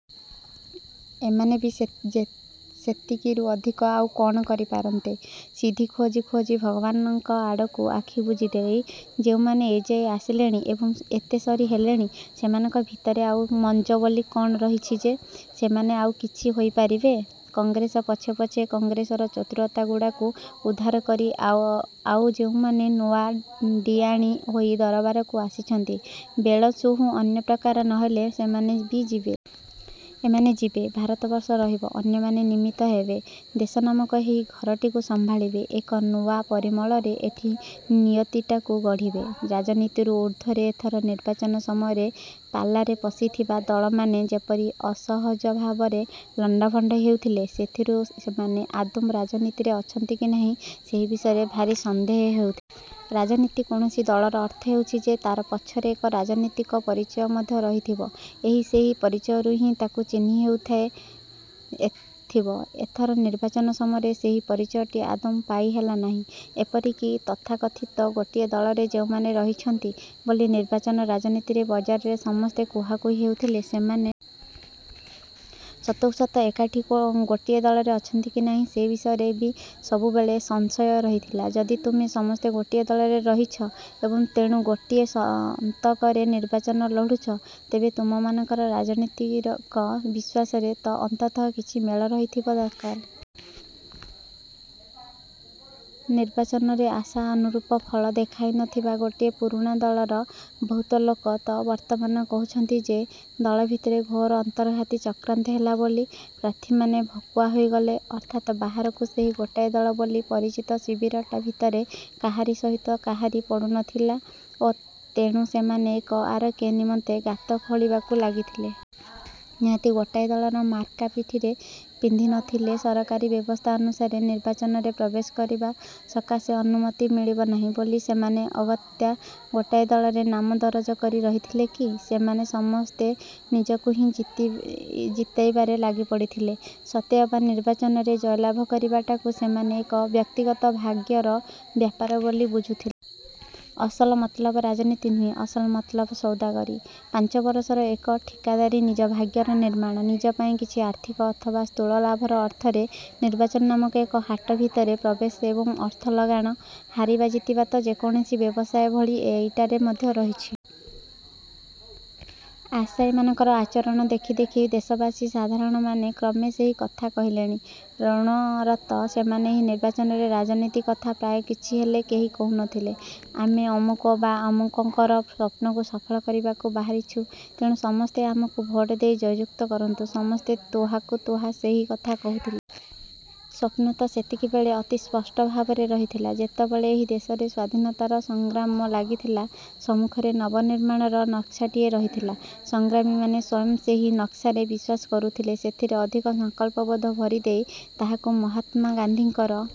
ଏମାନେ ବି ସେତିକିରୁ ଅଧିକ ଆଉ କଣ କରିପାରନ୍ତେ। ସିଦ୍ଧି ଖୋଜି ଖୋଜି ଭଗବାନଙ୍କ ଆଡ଼କୁ ଆଖି ବୁଜିଦେଇ ଯେଉଁମାନେ ଏଯାଏ ଆସିଲେଣି ଏବଂ ଏତେସରି ହେଲେଣି, ସେମାନଙ୍କ ଭିତରେ ଆଉ ମଞ୍ଜ ବୋଲି କଣ ରହିଛି ଯେ, ସେମାନେ ଆଉକିଛି ହୋଇପାରିବେ? କଂଗ୍ରେସ ପଛେ ପଛେ କଂଗ୍ରେସର ଚତୁରତା ଗୁଡ଼ାକୁ ଉଧାର କରି ଆଉ ଯେଉଁମାନେ ନୂଆ ଡ଼ିଆଣୀ ହୋଇ ଦରବାରକୁ ଆସିଛନ୍ତି, ବେଳସୁଁ ଅନ୍ୟ ପ୍ରକାର ନହେଲେ ସେମାନେ ବି ଯିବେ। ଏମାନେ ଯିବେ, ଭାରତବର୍ଷ ରହିବ, ଅନ୍ୟମାନେ ନିମିତ୍ତ ହେବେ। ଦେଶ ନାମକ ଏହି ଘରଟିକୁ ସମ୍ଭାଳିବେ, ଏକ ନୂଆ ପରିମଳରେ ଏଠି ନିୟତିଟାକୁ ଗଢ଼ିବେ। ରାଜନୀତିରୁ ଉର୍ଦ୍ଧ୍ୱରେ ଏଥର ନିର୍ବାଚନ ସମୟରେ ପାଲାରେ ପଶିଥିବା ଦଳମାନେ ଯେପରି ଅସହଜ ଭାବରେ ଲଣ୍ଡଭଣ୍ଡ ହେଉଥିଲେ, ସେଥିରୁ ସେମାନେ ଆଦୌ ରାଜନୀତିରେ ଅଛନ୍ତି କି ନାହିଁ ସେହି ବିଷୟରେ ଭାରି ସନ୍ଦେହ ହେଉଥିଲା। ରାଜନୀତିକ କୌଣସି ଦଳର ଅର୍ଥ ହେଉଛି ଯେ ତା ପଛରେ ଏକ ରାଜନୀତିକ ପରିଚୟ ମଧ୍ୟ ରହିଥିବ ଏବଂ ସେହି ପରିଚୟରୁ ହିଁ ତାକୁ ଚିହ୍ନି ହେଉଥିବ। ଏଥର ନିର୍ବାଚନ ସମୟରେ ସେହି ପରିଚୟଟି ଆଦୌ ପାଇହେଲା ନାହିଁ। ଏପରିକି ତଥାକଥିତ ଗୋଟିଏ ଦଳରେ ଯେଉଁମାନେ ରହିଛନ୍ତି ବୋଲି ନିର୍ବାଚନ ରାଜନୀତିର ବଜାରରେ ସମସ୍ତେ କୁହାକୁହି ହେଉଥିଲେ,.ସେମାନେ ସତକୁ ସତ ଏକାଠି ଗୋଟିଏ ଦଳରେ ଅଛନ୍ତି କି ନାହିଁ, ସେହି ବିଷୟରେ ବି ସବୁବେଳେ ସଂଶୟ ରହିଥିଲା। ଯଦି ତୁମେ ସମସ୍ତେ ଗୋଟିଏ ଦଳରେ ରହିଛ ଏବଂ ତେଣୁ ଗୋଟିଏ ସନ୍ତକରେ ନିର୍ବାଚନ ଲଢୁଛ, ତେବେ ତୁମମାନଙ୍କର ରାଜନୀତିକ ବିଶ୍ୱାସରେ ତ ଅନ୍ତତଃ କିଛି ମେଳ ରହିଥିବା ଦରକାର। ନିର୍ବାଚନରେ ଆଶା ଅନୁରୂପ ଫଳ ଦେଖାଇନଥିବା ଗୋଟାଏ ପୁରୁଣା ଦଳର ବହୁତ ଲୋକ ତ ବର୍ତ୍ତମାନ କହୁଛନ୍ତି ଯେ, ଦଳ ଭିତରେ ଘୋର ଅନ୍ତର୍ଘାତୀ ଚକ୍ରାନ୍ତ ହେଲା ବୋଲି ପ୍ରାର୍ଥୀମାନେ ଭକୁଆ ହୋଇଗଲେ, ଅର୍ଥାତ୍ ବାହାରକୁ ସେହି ଗୋଟାଏ ଦଳ ବୋଲି ପରିଚିତ ଶିବିରଟା ଭିତରେ କାହାରି ସହିତ କାହାରି ପଡୁନଥିଲ ଓ ତେଣୁ ସେମାନେ ଏକ ଆରେକ ନିମନ୍ତେ ଗାତ ଖୋଳିବାକୁ ଲାଗିଥିଲେ। ନିହାତି ଗୋଟାଏ ଦଳର ମାର୍କା ପିଠିରେ ପିନ୍ଧିନଥିଲେ ସରକାରୀ ବ୍ୟବସ୍ଥା ଅନୁସାରେ ନିର୍ବାଚନରେ ପ୍ରବେଶ କରିବା ସକାଶେ ଅନୁମତି ମିଳିବ ନାହିଁ ବୋଲି ସେମାନେ ଅଗତ୍ୟା ଗୋଟାଏ ଦଳରେ ନାମ ଦରଜ କରି ରହିଥିଲେ କି? ସେମାନେ ସମସ୍ତେ ନିଜକୁ ହିଁ ଜିତାଇବାରେ ଲାଗିପଡ଼ିଥିଲେ। ସତେଅବା ନିର୍ବାଚନରେ ଜୟଲାଭ କରିବାଟାକୁ ସେମାନେ ଏକ ବ୍ୟକ୍ତିଗତ ଭାଗ୍ୟର ବ୍ୟାପାର ବୋଲି ବୁଝୁଥିଲେ। ଅସଲ ମତଲବ ରାଜନୀତି ନୁହେଁ, ଅସଲ ମତଲବ ସୌଦାଗରୀ। ପାଞ୍ଚ ବରଷର ଏକ ଠିକାଦାରୀ ନିଜ ଭାଗ୍ୟର ନିର୍ମାଣ, ନିଜ ପାଇଁ କିଛି ଆର୍ଥିକ ଅଥବା ସ୍ଥୂଳ ଲାଭର ଅର୍ଥରେ ନିର୍ବାଚନ ନାମକ ଏକ ହାଟ ଭିତରେ ପ୍ରବେଶ ଏବଂ ଅର୍ଥ ଲଗାଣ, ହାରିବା ଜିତିବା ତ ଯେକୌଣସି ବ୍ୟବସାୟ ଭଳି ଏଇଟାରେ ମଧ୍ୟ ରହିଛି। ଆଶାୟୀ ମାନଙ୍କର ଆଚରଣ ଦେଖି ଦେଖି ଦେଶବାସୀ ସାଧାରଣମାନେ କ୍ରମେ ସେହି କଥା କହିଲେଣି। ରଣରତ ସେମାନେ ଏହି ନିର୍ବାଚନରେ ରାଜନୀତି କଥା ପ୍ରାୟ କିଛି ହେଲେ କେହି କହୁନଥିଲେ। ଆମେ ଅମୁକ ବା ଅମୁକଙ୍କର ସ୍ୱପ୍ନକୁ ସଫଳ କରିବାକୁ ବାହାରିଛୁ, ତେଣୁ ସମସ୍ତେ ଆମକୁ ଭୋଟ ଦେଇ ଜୟଯୁକ୍ତ କରନ୍ତୁ, ସମସ୍ତେ ତୁହାକୁ ତୁହା ସେହି କଥା କହୁଥିଲେ। ସ୍ଵପ୍ନ ତ ସେତିକିବେଳେ ଅତି ସ୍ପଷ୍ଟ ଭାବରେ ରହିଥିଲା, ଯେତେବେଳେ ଏହି ଦେଶରେ ସ୍ୱାଧୀନତାର ସଂଗ୍ରାମ ଲାଗିଥିଲା। ସମ୍ମୁଖରେ ନବ ନିର୍ମାଣର ନକ୍ସାଟିଏ ରହିଥିଲା। ସଂଗ୍ରାମୀମାନେ ସ୍ୱୟଂ ସେହି ନକ୍ସାରେ ବିଶ୍ୱାସ କରୁଥିଲେ। ସେଥିରେ ଅଧିକ ସଂକଳ୍ପବୋଧ ଭରିଦେଇ ତାହାକୁ ମହାତ୍ମା ଗାନ୍ଧୀଙ୍କର